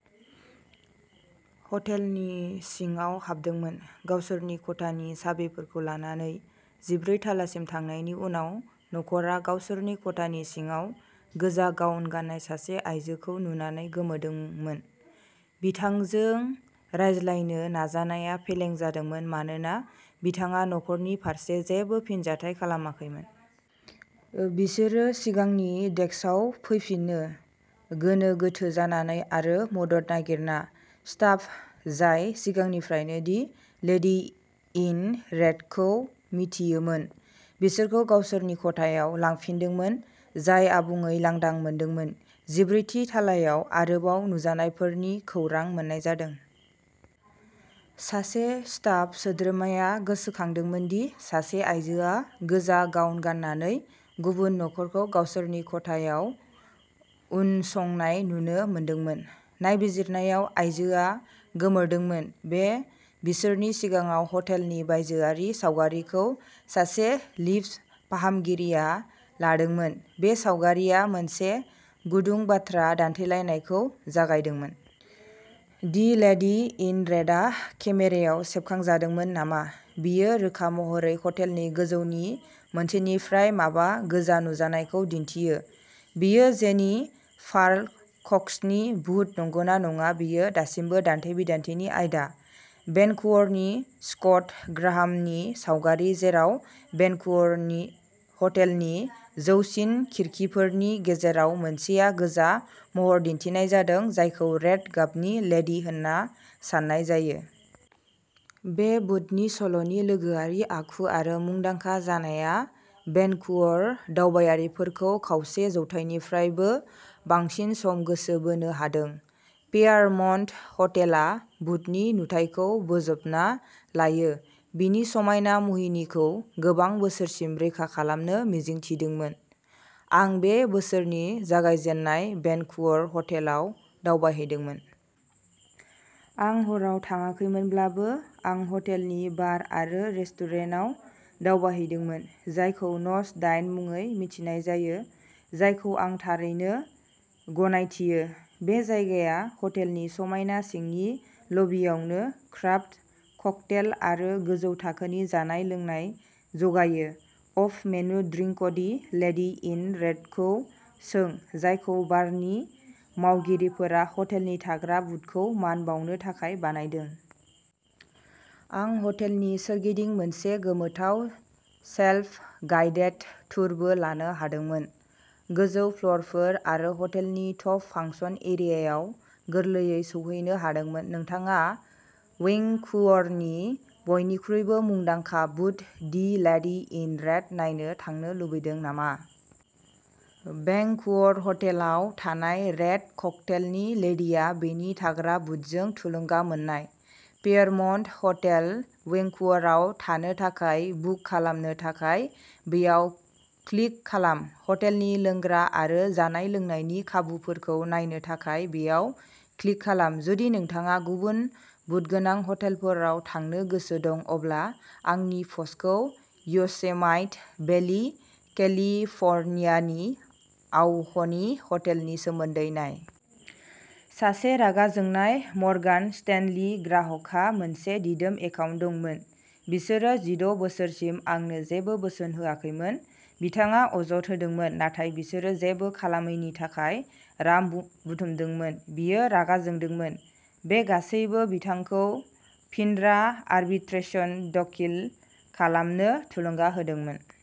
हटेलनि सिङाव हाबदोंमोन। गावसोरनि खथानि साबिफोरखौ लानानै जिब्रै थालासिम थांनायनि उनाव, न'खरआ गावसोरनि खथानि सिङाव गोजा गाउन गान्नाय सासे आयजोखौ नुनानै गोमोदोंमोन। बिथांजों रायज्लायनो नाजानाया फेलें जादोंमोन मानोना बिथाङा न'खरनि फारसे जेबो फिनजाथाय खालामाखैमोन। बिसोरो सिगांनि डेस्कआव फैफिनो, गोनो गोथो जानानै आरो मदद नागिरना। स्टाफ, जाय सिगांनिफ्रायनो दि लेडी इन रेडखौ मिथियोमोन, बिसोरखौ गावसोरनि खथायाव लांफिनदोंमोन, जाय आबुङै लांदां मोनदोंमोन। जिब्रैथि थालायाव आरोबाव नुजानायफोरनि खौरां मोन्नाय जादों। सासे स्टाफ सोद्रोमाया गोसोखांदोंमोन दि सासे आइजोआ गोजा गाउन गान्नानै गुबुन न'खरखौ गावसोरनि खथायाव आव उनसंनाय नुनो मोनदोंमोन। नायबिजिरनायाव, आइजोआ गोमोरदोंमोन। बे बोसोरनि सिगाङाव हटेलनि बायजोआरि सावगारिखौ सासे लिफ्ट फाहामगिरिया लादोंमोन। बे सावगारिया मोनसे गुदुं बाथ्रा दान्थेलायनायखौ जागायदोंमोन। दि लेडी इन रेडआ केमेरायाव सेबखांजादोंमोन नामा? बेयो रोखा महरै हटेलनि गोजौनि मोनसेनिफ्राय माबा गोजा नुजानायखौ दिन्थियो। बेयो जेनि पार्ल कक्सनि भुत नंगौना नङा, बेयो दासिमबो दान्थे-बिदान्थेनि आयदा। भेनकुवरनि स्कट ग्राहामनि सावगारि, जेराव भेनकुवर हटेलनि जौसिन खिरखिफोरनि गेजेराव मोनसेयाव गोजा महर दिन्थिनाय जादों, जायखौ रेड गाबनि लेडि होन्ना सान्नाय जायो। बे भुतनि सल'नि लोगोआरि आखु आरो मुंदांखा जानाया भेनकुवर दावबायारिफोरखौ खावसे जौथाइनिफ्रायबो बांसिन सम गोसो बोनो हादों। फेयारमन्ट हटेलआ भुतनि नुथायखौ बोजबना लायो, बिनि समायना मुहिनिखौ गोबां बोसोरसिम रैखा खालामनो मिजिं थिदोंमोन। आं बे बोसोरनि जागायजेन्नायाव भेनकुवर हटेलाव दावबायहैदोंमोन। आं हराव थाङाखैमोनब्लाबो, आं हटेलनि बार आरो रेस्टुरेन्टाव दावबायहैदोंमोन, जायखौ नच दाइन मुङै मिथिनाय जायो, जायखौ आं थारैनो गनायथियो। बे जायगाया हटेलनि समायना सिंनि लबियावनो क्राफ्ट ककटेल आरो गोजौ थाखोनि जानाय-लोंनाय जगायो। Off menu drink the lady in रेड'खौ सों, जायखौ बारनि मावगिरिफोरा हटेलनि थाग्रा भुतखौ मान बावनो थाखाय बानायदों। आं हटेलनि सोरगिदिं मोनसे गोमोथाव सेल्फ गाइडेड टुरबो लानो हादोंमोन, गोजौ फ्ल'रफोर आरो हटेलनि टप फांसन एरियायाव गोरलैयै सौहैनो हादोंमोन। नोंथाङा वैंकूवरनि बयनिख्रुइबो मुंदांखा भुत, दि लेडी इन रेड नायनो थांनो लुबैदों नामा? भेंकूवर हटेलाव थानाय रेड ककटेलनि लेडिआ बेनि थाग्रा भुतजों थुलुंगा मोननाय। फेयरमन्ट हटेल वैंकूवराव थानो थाखाय बुक खालामनो थाखाय बेयाव क्लिक खालाम। हटेलनि लोंग्रा आरो जानाय-लोंनायनि खाबुफोरखौ नायनो थाखाय बेयाव क्लिक खालाम। जुदि नोंथाङा गुबुन भुतगोनां हटेलफोराव थांनो गोसो दं, अब्ला आंनि प'स्टखौ य'सेमाइट भेलि, केलिफ'र्नियानि आवहनी हटेलनि सोमोन्दै नाय। सासे रागा जोंनाय मर्गान स्टेनली ग्राहकहा मोनसे दिदोम एकाउन्ट दंमोन। बिसोरो जिद' बोसोरसिम आंनो जेबो बोसोन होआखैमोन, बिथाङा अजद होदोंमोन। नाथाय बिसोरो जेबो खालामैनि थाखाय रां बुथुमदोंमोन, बियो रागा जोंदोंमोन। बे गासैबो बिथांखौ फिनरा आरबिट्रेशन दाखिल खालामनो थुलुंगा होदोंमोन।